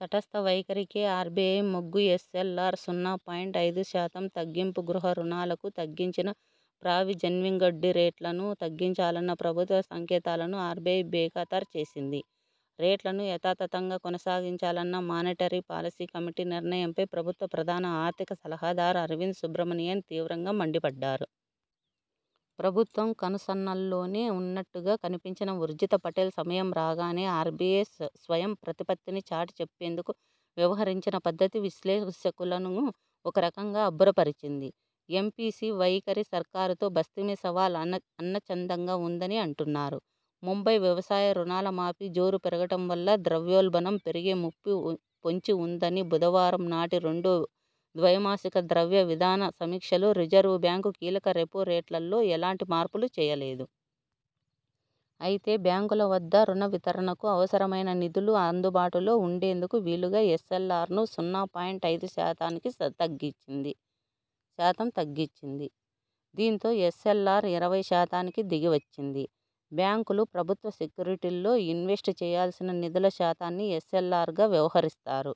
తటస్థ వైఖరికే ఆర్బిఐ మొగ్గుఎస్ఎల్ఆర్ సున్నా పాయింట్ ఐదు శాతం తగ్గింపుగృహ రుణాలకు తగ్గించిన ప్రావిజనింగ్వడ్డీరేట్లను తగ్గించాలన్న ప్రభుత్వ సంకేతాలను ఆర్బిఐ బేఖాతర్ చేసింది. రేట్లను యథాతథంగా కొనసాగించాలన్న మానిటరీ పాలసీ కమిటీ నిర్ణయంపై ప్రభుత్వ ప్రధాన ఆర్థిక సలహాదారు అరవింద్ సుబ్రమణియన్ తీవ్రంగా మండిపడ్డారు. ప్రభుత్వం కనుసన్నల్లోనే ఉన్నట్టుగా కనిపించిన ఉర్జిత్ పటేల్ సమయం రాగానే ఆర్బిఐ స్వయం ప్రతిపత్తిని చాటి చెప్పేందుకు వ్యవహరించిన పద్ధతి విశ్లేషకులను ఒక రకంగా అబ్బురపర్చింది. ఎంపిసి వైఖరి సర్కారుతో బస్తీమే సవాల్ అన్నచందంగా ఉందని అంటున్నారు. ముంబై వ్యవసాయ రుణాల మాఫీ జోరు పెరగడం వల్ల ద్రవ్యోల్బణం పెరిగే ముప్పు పొంచి ఉన్నదని బుధవారం నాటి రెండో ద్వైమాసిక ద్రవ్య విధాన సమీక్షలో రిజర్వు బ్యాంకు కీలక రెపో రేట్లలో ఎలాంటి మార్పులు చేయలేదు. అయితే బ్యాంకుల వద్ద రుణ వితరణకు అవసరమైన నిధులు అందుబాటులో ఉండేందుకు వీలుగా ఎస్ఎల్ఆర్ను సున్నా పాయింట్ ఐదు శాతం తగ్గించింది. దీంతో ఎస్ఎల్ఆర్ ఇరవై శాతానికి దిగివచ్చింది. బ్యాంకులు ప్రభుత్వ సెక్యూరిటీల్లో ఇన్వెస్ట్ చేయాల్సిన నిధుల శాతాన్ని ఎస్ఎల్ఆర్గా వ్యవహరిస్తారు.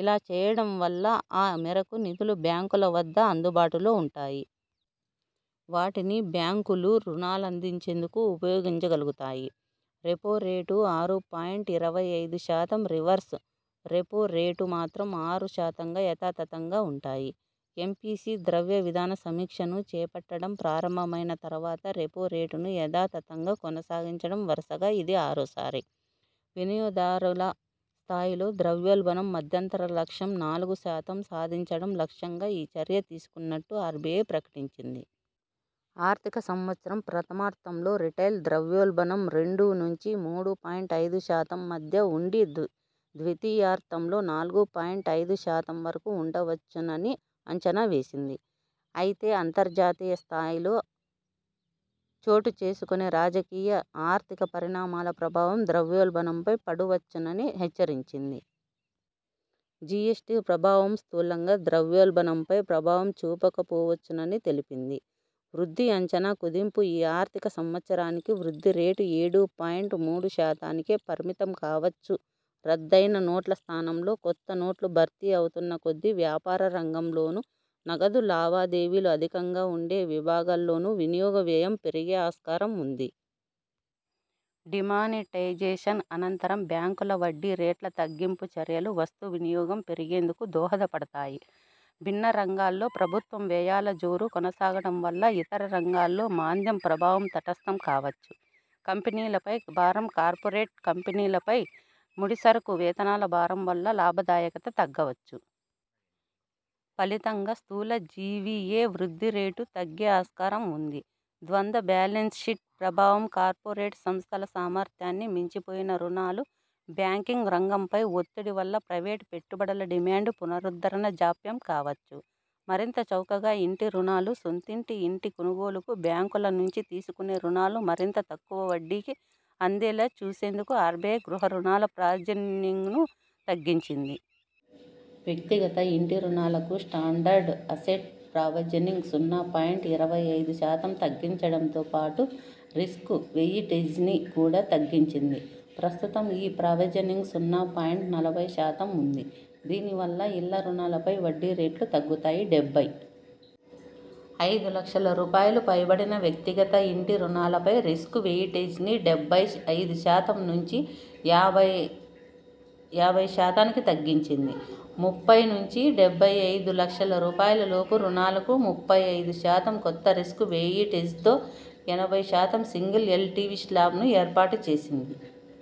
ఇలా చేయడం వల్ల ఆ మేరకు నిధులు బ్యాంకుల వద్ద అందుబాటులో ఉంటాయి. వాటిని బ్యాంకులు రుణాలందించేందుకు ఉపయోగించగలుగుతాయి. రెపో రేటు ఆరు పాయింట్ ఇరవై ఐదు శాతం, రివర్స్ రెపో రేటు మాత్రం ఆరు శాతంగా యథాతథంగా ఉంటాయి ఎంపిసి ద్రవ్యవిధాన సమీక్షను చేపట్టడం ప్రారంభమైన తర్వాత రెపో రేటును యథాతథంగా కొనసాగించడం వరుసగా ఇది ఆరోసారి. వినియోగదారుల స్థాయిలో ద్రవ్యోల్బణం మధ్యంతర లక్ష్యం నాలుగు శాతం సాధించడం లక్ష్యంగా ఈ చర్య తీసుకున్నట్టు ఆర్బిఐ ప్రకటించింది. ఆర్థిక సంవత్సరం ప్రథమార్ధంలో రిటైల్ ద్రవ్యోల్బణం రెండు నుంచి మూడు పాయింట్ ఐదు శాతం మధ్య ఉండి ద్వితీయార్ధంలో నాలుగు పాయింట్ ఐదు శాతం వరకు ఉండవచ్చని అంచనా వేసింది అయితే అంతర్జాతీయ స్థాయిలో చోటు చేసుకునే రాజకీయ, ఆర్థిక పరిణామాల ప్రభావం ద్రవ్యోల్బణంపై పడవచ్చునని హెచ్చరించింది. జిఎస్టీ ప్రభావం స్థూలంగా ద్రవ్యోల్బణంపై ప్రభావం చూపకపోవచ్చునని తెలిపింది. వృద్ధి అంచనా కుదింపు ఈ ఆర్థిక సంవత్సరానికి వృద్ధి రేటు ఏడు పాయింట్ మూడు శాతానికే పరిమితంకావచ్చు రద్దయిన నోట్ల స్థానంలో కొత్త నోట్లు భర్తీ అవుతున్న కొద్దీ వ్యాపార రంగంలోను, నగదు లావాదేవీలు అధికంగా ఉండే విభాగాల్లోను వినియోగ వ్యయం పెరిగే ఆస్కారం ఉంది. డీమానిటైజేషన్ అనంతరం బ్యాంకుల వడ్డీ రేట్ల తగ్గింపు చర్యలు వస్తు వినియోగం పెరిగేందుకు దోహదపడతా యి. భిన్న రంగాల్లో ప్రభుత్వం వ్యయాల జోరు కొనసాగడం వల్ల ఇతర రంగాల్లో మాంద్యం ప్రభావం తటస్థం కావచ్చు. కంపెనీలపై భారం కార్పొరేట్ కంపెనీలపై ముడిసరకు, వేతనాల భారం వల్ల లాభదాయకత తగ్గవచ్చు. ఫలితంగా స్థూల జివిఎ వృద్ధి రేటు తగ్గే ఆస్కారం ఉంది. ద్వంద్వ బ్యాలెన్స్షీట్ ప్రభావం-కార్పొరేట్ సంస్థల సామర్థ్యాన్ని మించిపోయిన రుణాలు, బ్యాంకింగ్ రంగంపై ఒత్తిడి-వల్ల ప్రైవేటు పెట్టుబడుల డిమాండు పునరుద్ధరణ జాప్యం కావచ్చు. మరింత చౌకగా ఇంటి రుణాలు సొంతింటి ఇంటి కొనుగోలుకు బ్యాంకుల నుంచి తీసుకునే రుణాలు మరింత తక్కువ వడ్డీకి అందేలా చూసేందుకు ఆర్బిఐ గృహ రుణాల ప్రావిజనింగ్ను తగ్గించింది. వ్యక్తిగత ఇంటి రుణాలకు స్టాండర్డ్ అసెట్ ప్రావిజనింగ్ సున్నా పాయింట్ ఇరవై ఐదు శాతం తగ్గించడంతో పాటు రిస్క్ వెయిటేజ్ని కూడా తగ్గించింది ప్రస్తుతం ఈ ప్రావిజనింగ్ సున్నా పాయింట్ నలభై శాతం ఉంది దీని వల్ల ఇళ్ల రుణాలపై వడ్డీ రేట్లు తగ్గుతాయి. డెబ్బై ఐదు లక్షల రూపాయలు పైబడిన వ్యక్తిగత ఇంటి రుణాలపై రిస్క్ వెయిటేజ్ని డెబ్బై ఐదు శాతం నుంచి యాభై శాతానికి తగ్గించింది ముప్పై నుంచి డెబ్బై ఐదు లక్షల రూపాయల లోపు రుణాలకు ముప్పై ఐదు శాతం కొత్త రిస్క్ వెయిటేజ్తో ఎనభై శాతం సింగిల్ ఎల్టివి శ్లాబ్ను ఏర్పాటు చేసింది